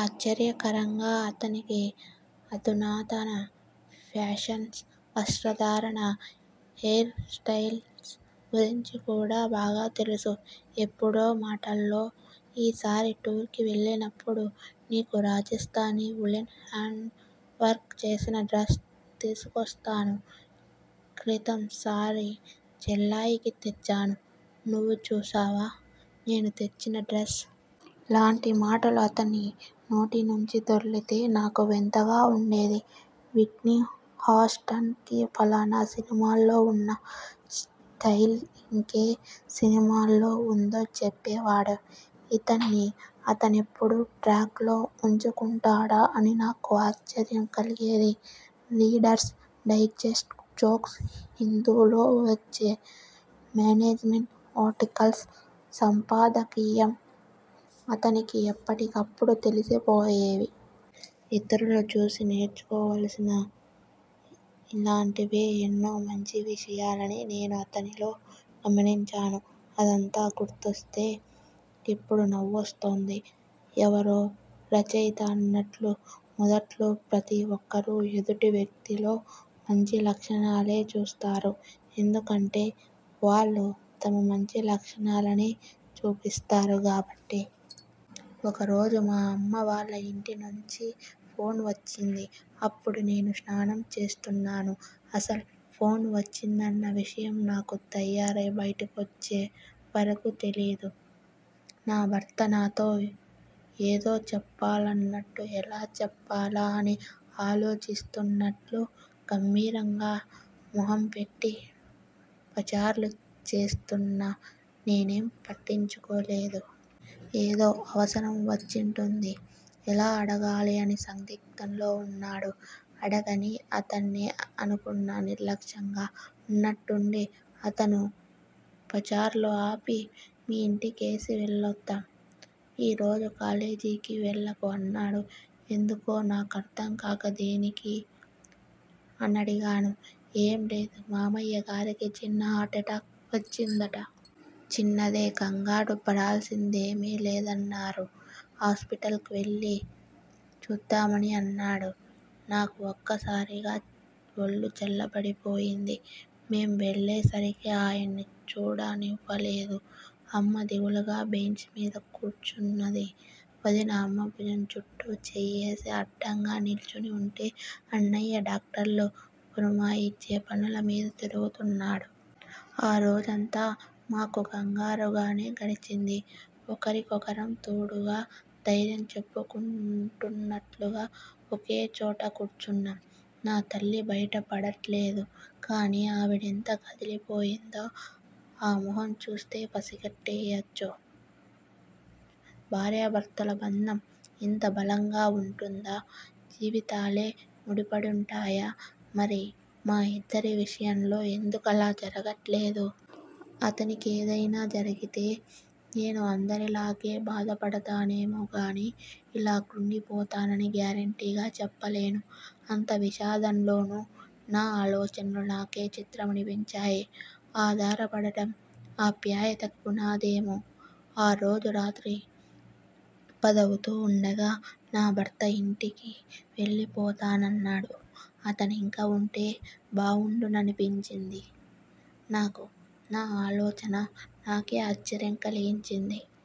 ఆశ్చర్యకరంగా అతనికి అధునాతన ఫ్యాషన్స్, వస్త్రధారణ, హెయిర్ స్టయిల్స్ గురించి కూడా బాగా తెలుసు. ఎప్పుడో మాటల్లో ఈసారి టూర్ కి వెళ్ళినప్పుడు నీకు రాజస్థానీ ఉలెన్ హాండ్ వర్క్ చేసిన డ్రెస్ తీసుకొస్తాను. క్రితం సారి చెల్లాయికి తెచ్చాను. నువ్వు చూశావా నేను తెచ్చిన డ్రెస్? లాంటి మాటలు అతని నోటినుంచి దొర్లితే నాకు వింతగా వుండేది. విట్నీ హాస్టన్ కి ఫలానా సినిమాలో వున్న స్టయిల్ ఇంకే సినిమాలో వుందో చెప్పేవాడు. ఇతన్ని అతనెప్పుడు ట్రాక్ లో ఉంచుకుంటాడా అని నాకు ఆశ్చర్యం కలిగేది. రీడర్స్ డైజెస్ట్ జోక్స్, 'హిందూ' లో వచ్చే మానేజిమెంట్ ఆర్టికల్స్, సంపాదకీయం అతనికి ఎప్పటికప్పుడు తెలిసిపోయేవి. ఇతరులు చూసి నేర్చుకోవాల్సిన ఇలాంటివే ఎన్నో మంచి లక్షణాలని నేను అతనిలో గమనించాను. అదంతా గుర్తొస్తే ఇప్పుడు నవ్వు వస్తూంది. ఎవరో రచయిత అన్నట్టు మొదట్లో ప్రతి ఒక్కరూ ఎదుటి వ్యక్తిలో మంచి లక్షణాలనే చూస్తారు. ఎందుకంటే వాళ్ళు తమ మంచి లక్షణాలనే చూపిస్తారు కాబట్టి! ఒకరోజు మా అమ్మా వాళ్ల ఇంటినుంచి ఫోన్ వచ్చింది. అప్పుడు నేను స్నానం చేస్తున్నాను. అసలు ఫోన్ వచ్చిందన్న విషయం నాకు తయారై బయటి కొచ్చేవరకూ తెలీదు. నా భర్త నాతో ఏదో చెప్పాలన్నట్టు, ఎలా చెప్పాలా అని ఆలోచిస్తున్నట్టు గంభీరంగా మొహం పెట్టి పచార్లు చేస్తున్నా, నేనేం పట్టించుకోలేదు. 'ఏదో అవసరం వచ్చుంటుంది, ఎలా అడగాలా అని సందిగ్ధంలో వున్నాడు. అడగనీ అతన్నే' అనుకున్నా నిర్లక్ష్యంగా. ఉన్నట్టుండి అతను పచార్లు ఆపి మీ ఇంటికేసి వెళ్ళొద్దాం. ఈ రోజు కాలేజీకి వెళ్ళకు అన్నాడు. ఎందుకో నాకర్థంకాక దేనికీ? అనడిగాను. ఏం లేదు. మామయ్యగారికి చిన్న హార్ట్ అటాక్ వచ్చిందట. చిన్నదే కంగారు పడాల్సిందేమీ లేదన్నారు. హాస్పిటల్ కు వెళ్ళి చూద్దామని అన్నాడు. నాకు ఒక్కసారిగా ఒళ్ళు చల్లబడిపోయింది. మేం వెళ్ళేసరికి ఆయన్ని చూడనివ్వలేదు. అమ్మ దిగులుగా బెంచిమీద కూర్చునుంది. వదిన అమ్మ భుజం చుట్టూ చెయ్యేసి అండగా నిల్చుని వుంటే, అన్నయ్య డాక్టర్లు పురమాయించే పనుల మీద తిరుగుతున్నాడు. ఆ రోజంతా మాకు కంగారుగానే గడిచింది. ఒకరికొకరం తోడుగా, ధైర్యం చెప్పుకుంటున్నట్లుగా ఒకేచోట కూర్చున్నాం. నా తల్లి బయట పడట్లేదు కానీ ఆవిడెంత కదిలిపోయిందో ఆ మొహం చూస్తే పసిగట్టేయవచ్చు. భార్యాభర్తల బంధం ఇంత బలంగా వుంటుందా? జీవితాలే ముడిపడుంటాయా? మరి మా ఇద్దరి విషయంలో ఎందుకలా జరగట్లేదు? అతనికేదైనా జరిగితే నేనూ అందరిలాగే బాధపడతానేమోగానీ, ఇలా క్రుంగిపోతానని గ్యారంటీగా చెప్పలేను. అంత విషాదంలోనూ నా ఆలోచనలు నాకే చిత్రమనిపించాయి. 'ఆధారపడడం' ఆప్యాయతకి పునాదేమో! ఆ రోజు రాత్రి పదవుతూ వుండగా నా భర్త ఇంటికి వెళ్ళి పోతానన్నాడు. అతనింకా వుంటే బావుండుననిపించింది నాకు. నా ఆలోచన నాకే ఆశ్చర్యం కలిగించింది.